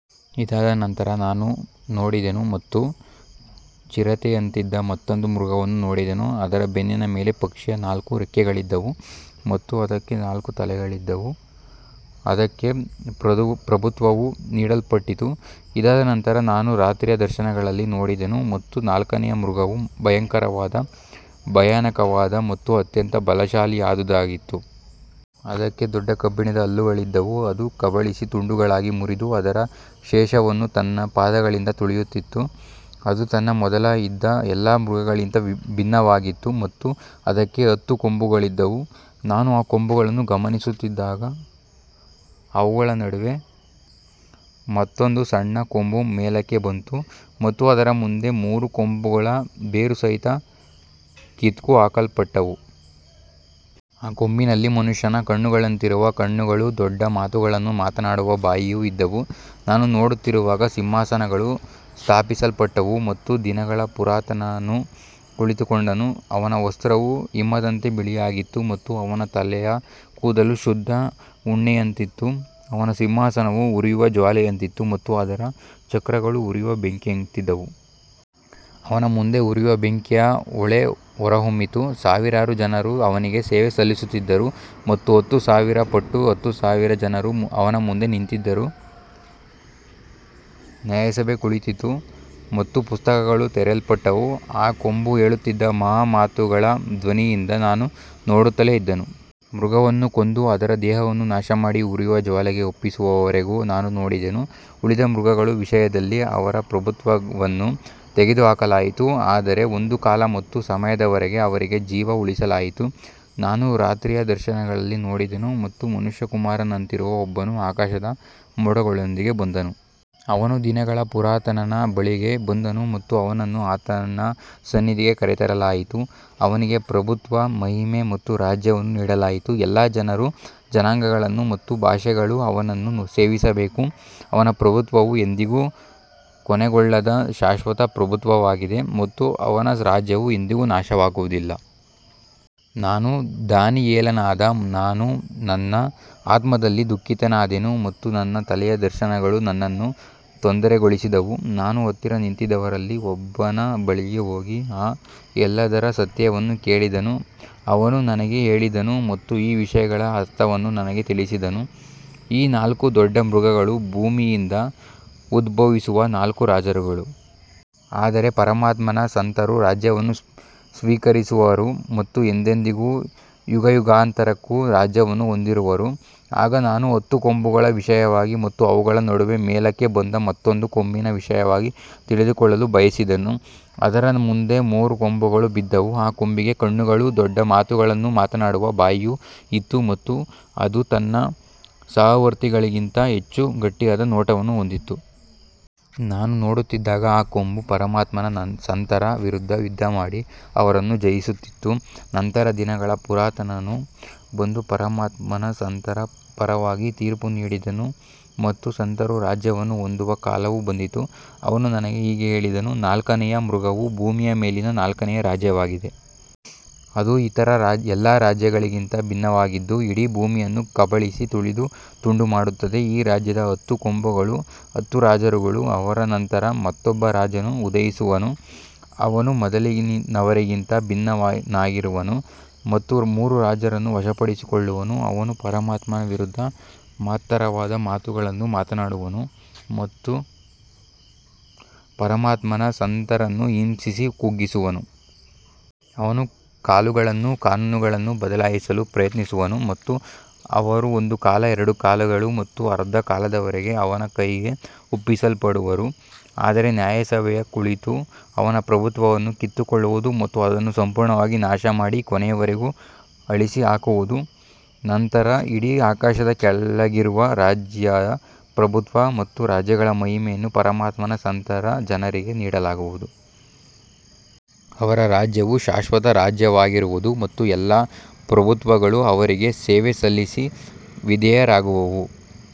ಇದಾದ ನಂತರ ನಾನು ನೋಡಿದೆನು ಮತ್ತು ಚಿರತೆಯಂತಿದ್ದ ಮತ್ತೊಂದು ಮೃಗವನ್ನು ನೋಡಿದೆನು, ಅದರ ಬೆನ್ನಿನ ಮೇಲೆ ಪಕ್ಷಿಯ ನಾಲ್ಕು ರೆಕ್ಕೆಗಳಿದ್ದವು ಮತ್ತು ಅದಕ್ಕೆ ನಾಲ್ಕು ತಲೆಗಳಿದ್ದವು, ಅದಕ್ಕೆ ಪ್ರಭುತ್ವವು ನೀಡಲ್ಪಟ್ಟಿತು. ಇದಾದ ನಂತರ ನಾನು ರಾತ್ರಿಯ ದರ್ಶನಗಳಲ್ಲಿ ನೋಡಿದೆನು ಮತ್ತು ನಾಲ್ಕನೆಯ ಮೃಗವು ಭಯಂಕರವಾದ, ಭಯಾನಕವಾದ ಮತ್ತು ಅತ್ಯಂತ ಬಲಶಾಲಿಯಾದುದಾಗಿತ್ತು. ಅದಕ್ಕೆ ದೊಡ್ಡ ಕಬ್ಬಿಣದ ಹಲ್ಲುಗಳಿದ್ದವು, ಅದು ಕಬಳಿಸಿ ತುಂಡುಗಳಾಗಿ ಮುರಿದು ಅದರ ಶೇಷವನ್ನು ತನ್ನ ಪಾದಗಳಿಂದ ತುಳಿಯುತ್ತಿತ್ತು. ಅದು ತನ್ನ ಮೊದಲು ಇದ್ದ ಎಲ್ಲಾ ಮೃಗಗಳಿಗಿಂತ ಭಿನ್ನವಾಗಿತ್ತು ಮತ್ತು ಅದಕ್ಕೆ ಹತ್ತು ಕೊಂಬುಗಳಿದ್ದವು. ನಾನು ಆ ಕೊಂಬುಗಳನ್ನು ಗಮನಿಸುತ್ತಿದ್ದಾಗ, ಅವುಗಳ ನಡುವೆ ಮತ್ತೊಂದು ಸಣ್ಣ ಕೊಂಬು ಮೇಲಕ್ಕೆ ಬಂತು ಮತ್ತು ಅದರ ಮುಂದೆ ಮೂರು ಕೊಂಬುಗಳು ಬೇರುಸಹಿತ ಕಿತ್ತುಹಾಕಲ್ಪಟ್ಟವು. ಆ ಕೊಂಬಿನಲ್ಲಿ ಮನುಷ್ಯನ ಕಣ್ಣುಗಳಂತಿರುವ ಕಣ್ಣುಗಳೂ ದೊಡ್ಡ ಮಾತುಗಳನ್ನು ಮಾತನಾಡುವ ಬಾಯಿಯೂ ಇದ್ದವು. ನಾನು ನೋಡುತ್ತಿರುವಾಗ ಸಿಂಹಾಸನಗಳು ಸ್ಥಾಪಿಸಲ್ಪಟ್ಟವು ಮತ್ತು ದಿನಗಳ ಪುರಾತನನು ಕುಳಿತುಕೊಂಡನು. ಅವನ ವಸ್ತ್ರವು ಹಿಮದಂತೆ ಬಿಳಿಯಾಗಿತ್ತು ಮತ್ತು ಅವನ ತಲೆಯ ಕೂದಲು ಶುದ್ಧ ಉಣ್ಣೆಯಂತಿತ್ತು. ಅವನ ಸಿಂಹಾಸನವು ಉರಿಯುವ ಜ್ವಾಲೆಯಂತಿತ್ತು ಮತ್ತು ಅದರ ಚಕ್ರಗಳು ಉರಿಯುವ ಬೆಂಕಿಯಂತಿದ್ದವು. ಅವನ ಮುಂದೆ ಉರಿಯುವ ಬೆಂಕಿಯ ಹೊಳೆ ಹೊರಹೊಮ್ಮಿತು. ಸಾವಿರಾರು ಜನರು ಅವನಿಗೆ ಸೇವೆ ಸಲ್ಲಿಸುತ್ತಿದ್ದರು ಮತ್ತು ಹತ್ತು ಸಾವಿರ ಪಟ್ಟು ಹತ್ತು ಸಾವಿರ ಜನರು ಅವನ ಮುಂದೆ ನಿಂತಿದ್ದರು. ನ್ಯಾಯಸಭೆ ಕುಳಿತಿತು ಮತ್ತು ಪುಸ್ತಕಗಳು ತೆರೆಯಲ್ಪಟ್ಟವು. ಆ ಕೊಂಬು ಹೇಳುತ್ತಿದ್ದ ಮಹಾ ಮಾತುಗಳ ಧ್ವನಿಯಿಂದ ನಾನು ನೋಡುತ್ತಲೇ ಇದ್ದೆನು. ಮೃಗವನ್ನು ಕೊಂದು ಅದರ ದೇಹವನ್ನು ನಾಶಮಾಡಿ ಉರಿಯುವ ಜ್ವಾಲೆಗೆ ಒಪ್ಪಿಸುವವರೆಗೂ ನಾನು ನೋಡಿದೆನು. ಉಳಿದ ಮೃಗಗಳ ವಿಷಯದಲ್ಲಿ ಅವರ ಪ್ರಭುತ್ವವನ್ನು ತೆಗೆದುಹಾಕಲಾಯಿತು, ಆದರೆ ಒಂದು ಕಾಲ ಮತ್ತು ಸಮಯದವರೆಗೆ ಅವರಿಗೆ ಜೀವ ಉಳಿಸಲಾಯಿತು. ನಾನು ರಾತ್ರಿಯ ದರ್ಶನಗಳಲ್ಲಿ ನೋಡಿದೆನು ಮತ್ತು ಮನುಷ್ಯಕುಮಾರನಂತಿರುವ ಒಬ್ಬನು ಆಕಾಶದ ಮೋಡಗಳೊಂದಿಗೆ ಬಂದನು. ಅವನು ದಿನಗಳ ಪುರಾತನನ ಬಳಿಗೆ ಬಂದನು ಮತ್ತು ಅವನನ್ನು ಆತನ ಸನ್ನಿಧಿಗೆ ಕರೆತರಲಾಯಿತು. ಅವನಿಗೆ ಪ್ರಭುತ್ವ, ಮಹಿಮೆ ಮತ್ತು ರಾಜ್ಯವನ್ನು ನೀಡಲಾಯಿತು. ಎಲ್ಲಾ ಜನರು, ಜನಾಂಗಗಳು ಮತ್ತು ಭಾಷೆಗಳು ಅವನನ್ನು ಸೇವಿಸಬೇಕು. ಅವನ ಪ್ರಭುತ್ವವು ಎಂದಿಗೂ ಕೊನೆಗೊಳ್ಳದ ಶಾಶ್ವತ ಪ್ರಭುತ್ವವಾಗಿದೆ ಮತ್ತು ಅವನ ರಾಜ್ಯವು ಎಂದಿಗೂ ನಾಶವಾಗುವುದಿಲ್ಲ. ನಾನು ದಾನಿಯೇಲನಾದ ನಾನು ನನ್ನ ಆತ್ಮದಲ್ಲಿ ದುಃಖಿತನಾದೆನು ಮತ್ತು ನನ್ನ ತಲೆಯ ದರ್ಶನಗಳು ನನ್ನನ್ನು ತೊಂದರೆಗೊಳಿಸಿದವು. ನಾನು ಹತ್ತಿರ ನಿಂತಿದ್ದವರಲ್ಲಿ ಒಬ್ಬನ ಬಳಿಗೆ ಹೋಗಿ ಈ ಎಲ್ಲದರ ಸತ್ಯವನ್ನು ಕೇಳಿದೆನು. ಅವನು ನನಗೆ ಹೇಳಿದನು ಮತ್ತು ಈ ವಿಷಯಗಳ ಅರ್ಥವನ್ನು ನನಗೆ ತಿಳಿಸಿದನು. ಈ ನಾಲ್ಕು ದೊಡ್ಡ ಮೃಗಗಳು ಭೂಮಿಯಿಂದ ಉದ್ಭವಿಸುವ ನಾಲ್ಕು ರಾಜರುಗಳು. ಆದರೆ ಪರಮಾತ್ಮನ ಸಂತರು ರಾಜ್ಯವನ್ನು ಸ್ವೀಕರಿಸುವರು ಮತ್ತು ಎಂದೆಂದಿಗೂ, ಯುಗಯುಗಾಂತರಕ್ಕೂ ರಾಜ್ಯವನ್ನು ಹೊಂದಿರುವರು. ಆಗ ನಾನು ಹತ್ತು ಕೊಂಬುಗಳ ವಿಷಯವಾಗಿ ಮತ್ತು ಅವುಗಳ ನಡುವೆ ಮೇಲಕ್ಕೆ ಬಂದ ಮತ್ತೊಂದು ಕೊಂಬಿನ ವಿಷಯವಾಗಿ ತಿಳಿದುಕೊಳ್ಳಲು ಬಯಸಿದೆನು. ಅದರ ಮುಂದೆ ಮೂರು ಕೊಂಬುಗಳು ಬಿದ್ದವು. ಆ ಕೊಂಬಿಗೆ ಕಣ್ಣುಗಳೂ ದೊಡ್ಡ ಮಾತುಗಳನ್ನು ಮಾತನಾಡುವ ಬಾಯಿಯೂ ಇತ್ತು ಮತ್ತು ಅದು ತನ್ನ ಸಹವರ್ತಿಗಳಿಗಿಂತ ಹೆಚ್ಚು ಗಟ್ಟಿಯಾದ ನೋಟವನ್ನು ಹೊಂದಿತ್ತು. ನಾನು ನೋಡುತ್ತಿದ್ದಾಗ ಆ ಕೊಂಬು ಪರಮಾತ್ಮನ ಸಂತರ ವಿರುದ್ಧ ಯುದ್ಧಮಾಡಿ ಅವರನ್ನು ಜಯಿಸುತ್ತಿತ್ತು. ನಂತರ ದಿನಗಳ ಪುರಾತನನು ಬಂದು ಪರಮಾತ್ಮನ ಸಂತರ ಪರವಾಗಿ ತೀರ್ಪು ನೀಡಿದನು ಮತ್ತು ಸಂತರು ರಾಜ್ಯವನ್ನು ಹೊಂದುವ ಕಾಲವು ಬಂದಿತು. ಅವನು ನನಗೆ ಹೀಗೆ ಹೇಳಿದನು, ನಾಲ್ಕನೆಯ ಮೃಗವು ಭೂಮಿಯ ಮೇಲಿನ ನಾಲ್ಕನೆಯ ರಾಜ್ಯವಾಗಿದೆ. ಅದು ಇತರ ಎಲ್ಲಾ ರಾಜ್ಯಗಳಿಗಿಂತ ಭಿನ್ನವಾಗಿದ್ದು ಇಡೀ ಭೂಮಿಯನ್ನು ಕಬಳಿಸಿ ತುಳಿದು ತುಂಡುಮಾಡುತ್ತದೆ. ಈ ರಾಜ್ಯದ ಹತ್ತು ಕೊಂಬುಗಳು ಹತ್ತು ರಾಜರುಗಳು. ಅವರ ನಂತರ ಮತ್ತೊಬ್ಬ ರಾಜನು ಉದಯಿಸುವನು. ಅವನು ಮೊದಲಿನವರಿಗಿಂತ ಭಿನ್ನನಾಗಿರುವನು ಮತ್ತು ಮೂರು ರಾಜರನ್ನು ವಶಪಡಿಸಿಕೊಳ್ಳುವನು. ಅವನು ಪರಮಾತ್ಮನ ವಿರುದ್ಧ ಮಹತ್ತರವಾದ ಮಾತುಗಳನ್ನು ಮಾತನಾಡುವನು ಮತ್ತು ಪರಮಾತ್ಮನ ಸಂತರನ್ನು ಹಿಂಸಿಸಿ ಕುಗ್ಗಿಸುವನು. ಅವನು ಕಾಲಗಳನ್ನೂ ಕಾನೂನುಗಳನ್ನೂ ಬದಲಾಯಿಸಲು ಪ್ರಯತ್ನಿಸುವನು ಮತ್ತು ಅವರು ಒಂದು ಕಾಲ, ಎರಡು ಕಾಲಗಳು ಮತ್ತು ಅರ್ಧ ಕಾಲದವರೆಗೆ ಅವನ ಕೈಗೆ ಒಪ್ಪಿಸಲ್ಪಡುವರು. ಆದರೆ ನ್ಯಾಯಸಭೆಯು ಕುಳಿತು ಅವನ ಪ್ರಭುತ್ವವನ್ನು ಕಿತ್ತುಕೊಳ್ಳುವುದು ಮತ್ತು ಅದನ್ನು ಸಂಪೂರ್ಣವಾಗಿ ನಾಶಮಾಡಿ ಕೊನೆಯವರೆಗೂ ಅಳಿಸಿಹಾಕುವುದು. ನಂತರ ಇಡೀ ಆಕಾಶದ ಕೆಳಗಿರುವ ರಾಜ್ಯ, ಪ್ರಭುತ್ವ ಮತ್ತು ರಾಜ್ಯಗಳ ಮಹಿಮೆಯನ್ನು ಪರಮಾತ್ಮನ ಸಂತರ ಜನರಿಗೆ ನೀಡಲಾಗುವುದು. ಅವರ ರಾಜ್ಯವು ಶಾಶ್ವತ ರಾಜ್ಯವಾಗಿರುವುದು ಮತ್ತು ಎಲ್ಲಾ ಪ್ರಭುತ್ವಗಳು ಅವರಿಗೆ ಸೇವೆ ಸಲ್ಲಿಸಿ ವಿಧೇಯರಾಗುವವು.